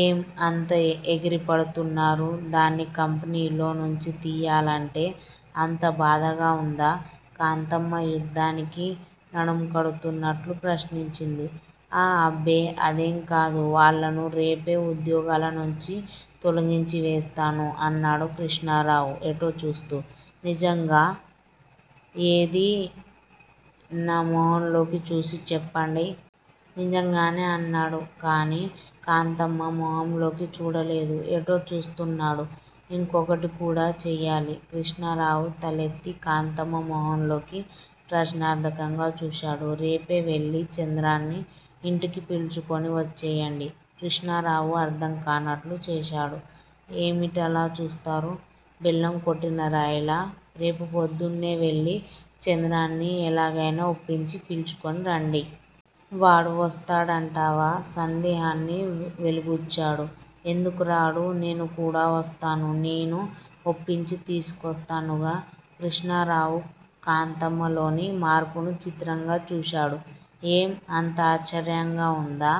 ఏం, అంత ఎగిరిపడుతున్నారు? దాన్ని కంపెనీలో నుంచి తియ్యాలంటే అంత బాధగా వుందా? కాంతమ్మ యుద్ధానికి నడుం కడుతున్నట్లు ప్రశ్నించింది. ఆ అబ్బే అదికాదు వాళ్ళను రేపే ఉద్యోగాల నుంచి తొలగించివేస్తాను అన్నాడు కృష్ణారావు ఎటో చూస్తూ. నిజంగా? ఏది నా మొహంలోకి చూసి చెప్పండి. నిజంగానే అన్నాడు కాని, కాంతమ్మ మొహంలోకి చూడలేదు. ఎటో చూస్తున్నాడు. ఇంకొకటి కూడా చెయ్యాలి. కృష్ణారావు తలెత్తి కాంతమ్మ మొహంలోకి ప్రశ్నార్థకంగా చూశాడు. రేపే వెళ్ళి చంద్రాన్ని ఇంటికి పిలుచుకొని వచ్చేయండి. కృష్ణారావు అర్థంకానట్లు చూశాడు. ఏమిటలా చూస్తారు బెల్లంకొట్టిన రాయిలా! రేపు పొద్దున్నే వెళ్ళి చంద్రాన్ని ఎలాగయినా ఒప్పించి పిల్చుకొని రండి. వాడు వస్తాడంటావా? సందేహాన్ని వెలిబుచ్చాడు. ఎందుకురాడూ? నేను కూడా వస్తాను. నేను ఒప్పించి తీసుకొస్తానుగా? కృష్ణారావు కాంతమ్మలోని మార్పును చిత్రంగా చూశాడు. ఏం, అంత ఆశ్చర్యంగా ఉందా?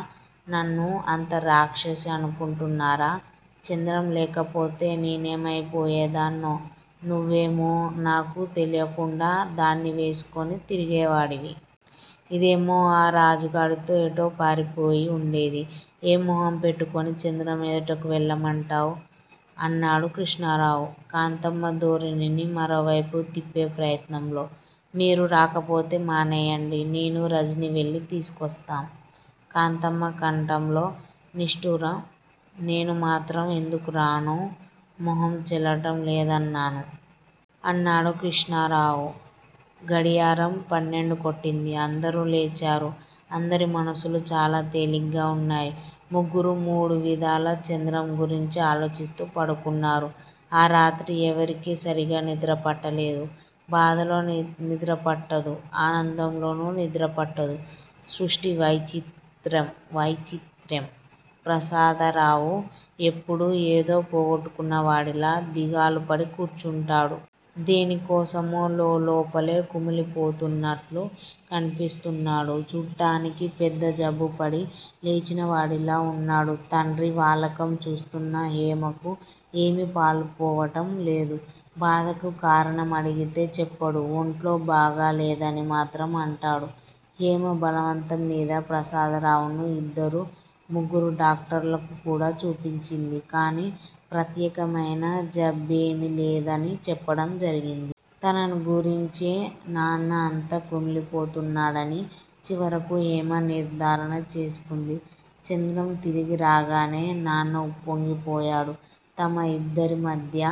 నన్ను అంత రాక్షసి అనుకుంటున్నారా? చంద్రం లేకపోతే నేనేమయిపోయేదాన్నో! నువ్వేమో నాకు తెలియకుండా దాన్ని వేసుకొని తిరిగేవాడివి. ఇదేమో ఆ రాజాగాడితో ఎటో పారిపోయి ఉండేది. ఏ మొహం పెట్టుకొని చంద్రం ఎదటకు వెళ్ళమంటావు? అన్నాడు కృష్ణారావు, కాంతమ్మ ధోరణిని మరోవైపుకు తిప్పే ప్రయత్నంలో. మీరు రాకపోతే మానేయండి. నేనూ, రజనీ వెళ్ళి తీసుకొస్తాం! కాంతమ్మ కంఠంలో నిష్ఠురం. నేను మాత్రం ఎందుకురాను? మొహం చెల్లటం లేదన్నాను. అన్నాడు కృష్ణారావు. గడియారం పన్నెండు కొట్టింది. అందరూ లేచారు. అందరి మనస్సులు చాలా తేలిగ్గా ఉన్నాయి. ముగ్గురూ మూడువిధాల చంద్రం గురించే ఆలోచిస్తూ పడుకున్నారు. ఆ రాత్రి ఎవరికీ సరిగా నిద్రపట్టలేదు. బాధలో నిద్రపట్టదు. ఆనందంలోనూ నిద్రపట్టదు. సృష్టి వైచిత్ర్యం! ప్రసాదరావు ఎప్పుడూ ఏదో పోగొట్టుకొన్నవాడిలా దిగాలుపడి కూర్చుంటాడు. దేనికోసమో లోలోపలే కుమిలిపోతున్నట్లు కనిపిస్తున్నాడు. చూట్టానికి పెద్ద జబ్బుపడి లేచినవాడిలా ఉన్నాడు. తండ్రి వాలకం చూస్తున్న హేమకు ఏమీ పాలుపోవటం లేదు. బాధకు కారణం అడిగితే చెప్పడు. ఒంట్లో బాగాలేదని మాత్రం అంటాడు. హేమ బలవంతంమీద ప్రసాదరావును ఇద్దరు, ముగ్గురు డాక్టర్లకు కూడా చూపించింది. కాని, ప్రత్యేకమయిన జబ్బేమీలేదని చెప్పటం జరిగింది. తనను గురించే నాన్న అంత కుమిలిపోతున్నాడని చివరకు హేమ నిర్ధారణ చేసుకుంది. చంద్రం తిరిగిరాగానే నాన్న ఉప్పొంగిపోయాడు. తమ ఇద్దరిమధ్యా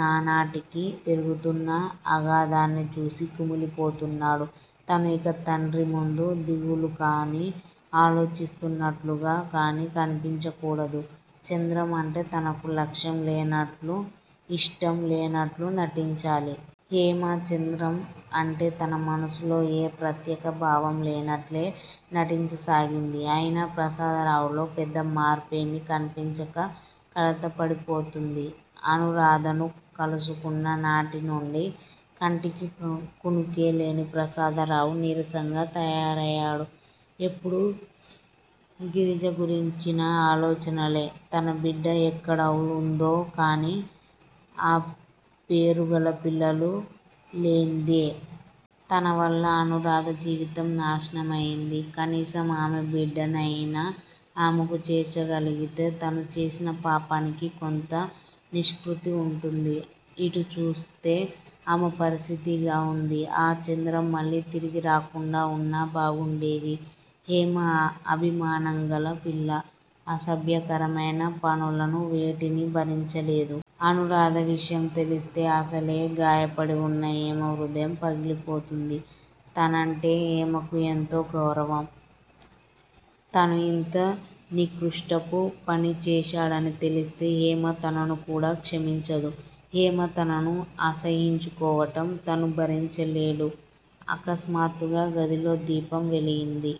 నానాటికీ పెరుగుతున్న అగాధాన్ని చూసి కుమిలిపోతున్నాడు. తను ఇక తండ్రి ముందు దిగులుకాని, ఆలోచిస్తున్నట్లుగా కానీ కనిపించకూడదు. చంద్రం అంటే తనకు లక్ష్యం లేనట్లూ, ఇష్టం లేనట్లూ నటించాలి. హేమ చంద్రం అంటే తన మనస్సులో ఏ ప్రత్యేక భావం లేనట్లే నటించసాగింది. అయినా ప్రసాదరావులో పెద్ద మార్పేమీ కనిపించక కలతపడిపోతోంది. అనూరాధను కలుసుకున్న నాటినుండి కంటికి కునుకులేని ప్రసాదరావు నీరసంగా తయారయాడు. ఎప్పుడూ గిరిజ గురించిన ఆలోచనలే. తన బిడ్డ యెక్కడవుందో! కాని, ఆ పేరుగల పిల్లలు లేందే! తన వల్ల అనూరాధ జీవితం నాశనమయింది. కనీసం ఆమె బిడ్డనయినా ఆమెకు చేర్చగలిగితే తను చేసిన పాపానికి కొంత నిష్కృతి ఉంటుంది. ఇటు చూస్తే ఆమె పరిస్థితి ఇలా ఉంది! ఆ చంద్రం మళ్ళీ తిరిగిరాకుండా ఉన్నా బాగుండేది. హేమ అభిమానంగల పిల్ల. అసభ్యకరమైన పనులను వేటినీ భరించలేదు. అనూరాధ విషయం తెలిస్తే అసలే గాయపడి వున్న హేమ హృదయం పగిలిపోతుంది. తనంటే హేమకు యెంతో గౌరవం. తను ఇంత నికృష్టపు పని చేశాడని తెలిస్తే హేమ తనను కూడా క్షమించదు. హేమ తనను అసహ్యించుకోవటం తను భరించలేడు! ఆకస్మాత్తుగా గదిలో దీపం వెలిగింది.